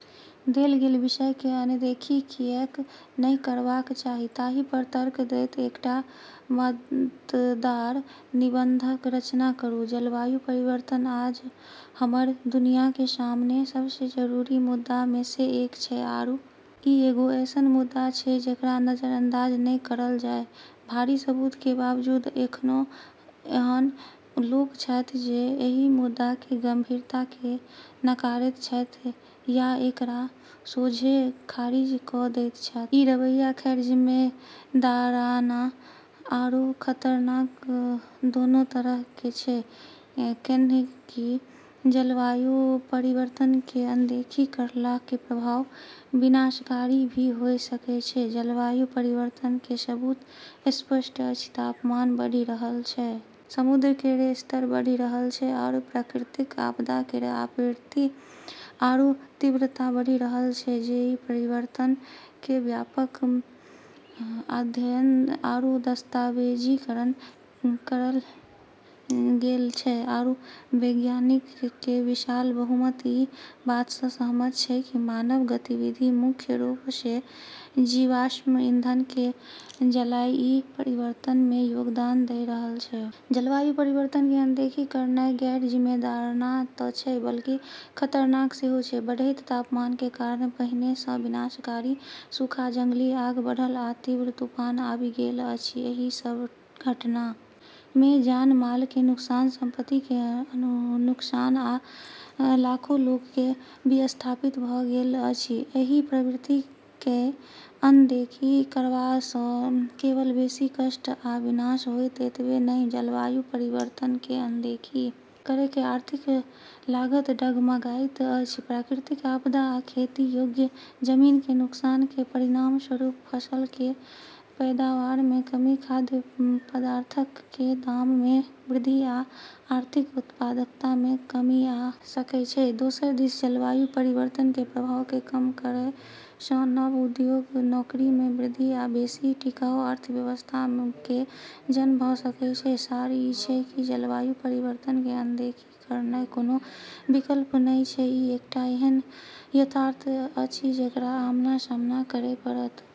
देल गेल विषय के अनदेखी कियैक नहि करबाक चाही ताहि पर तर्क दैत एकटा मतदार निबंधक रचना करू, जलवायु परिवर्तन आज हमरऽ दुनिया के सामने सबसें जरुरी मुद्दा मे से एक छै आरू ई एगो ऐसनऽ मुद्दा छै जेकरा नजरअंदाज नै करलऽ जाय, भारी सबूत के बावजूद एखनो एहन लोक छथि जे एहि मुद्दा के गंभीरता के नकारैत छथि या एकरा सोझे खारिज क दैत छथि, ई रवैया गैर जिम्मेदाराना आरू खतरनाक दोनों तरह के छै, कैन्हेंकि जलवायु परिवर्तन के अनदेखी करला के प्रभाव विनाशकारी भी होय सकै छै, जलवायु परिवर्तन के सबूत स्पष्ट अछि, तापमान बढ़ी रहलऽ छै, समुद्र केरऽ स्तर बढ़ी रहलऽ छै आरू प्राकृतिक आपदा केरऽ आवृत्ति आरू तीव्रता बढ़ी रहलऽ छै, ई परिवर्तनऽ के व्यापक अध्ययन आरू दस्तावेजीकरण करलऽ गेलऽ छै आरू वैज्ञानिकऽ के विशाल बहुमत ई बात स॑ सहमत छै कि मानव गतिविधि मुख्य रूप से जीवाश्म ईंधन के जलाय ई परिवर्तन मे योगदान दै रहलऽ छै। जलवायु परिवर्तन के अनदेखी करनाय गैर जिम्मेदाराना त छै, बल्कि खतरनाक सेहो छै, बढ़ैत तापमान के कारण पहिने सं विनाशकारी सूखा, जंगली आग बढ़ल आ तीव्र तूफान आबि गेल अछि, एहि सब घटना मे जान-माल के नुकसान, संपत्ति के नुकसान आ लाखों लोक के विस्थापित भ गेल अछि, एहि प्रवृत्ति कै अनदेखी करबा स केवल बेसी कष्ट आ विनाश होएत, एतबे नहिं जलवायु परिवर्तन के अनदेखी करय के आर्थिक लागत डगमगाइत अछि, प्राकृतिक आपदा आ खेती योग्य जमीन कें नुकसान कें परिणामस्वरूप फसल कें पैदावार मे कमी, खाद्य पदार्थक कें दाम मे वृद्धि आ आर्थिक उत्पादकता मे कमी आ सकय छै, दोसर दिस जलवायु परिवर्तन कें प्रभाव कें कम करय सं नव उद्योग, नौकरी मे वृद्धि आ बेसि टिकाऊ अर्थव्यवस्था कें जन्म भ सकय छै, सार ई छै कि जलवायु परिवर्तन के अनदेखी करनाय कोनो विकल्प नै छै, ई एकटा एहन यथार्थ अछि जकरा आमना-सामना करय पड़त।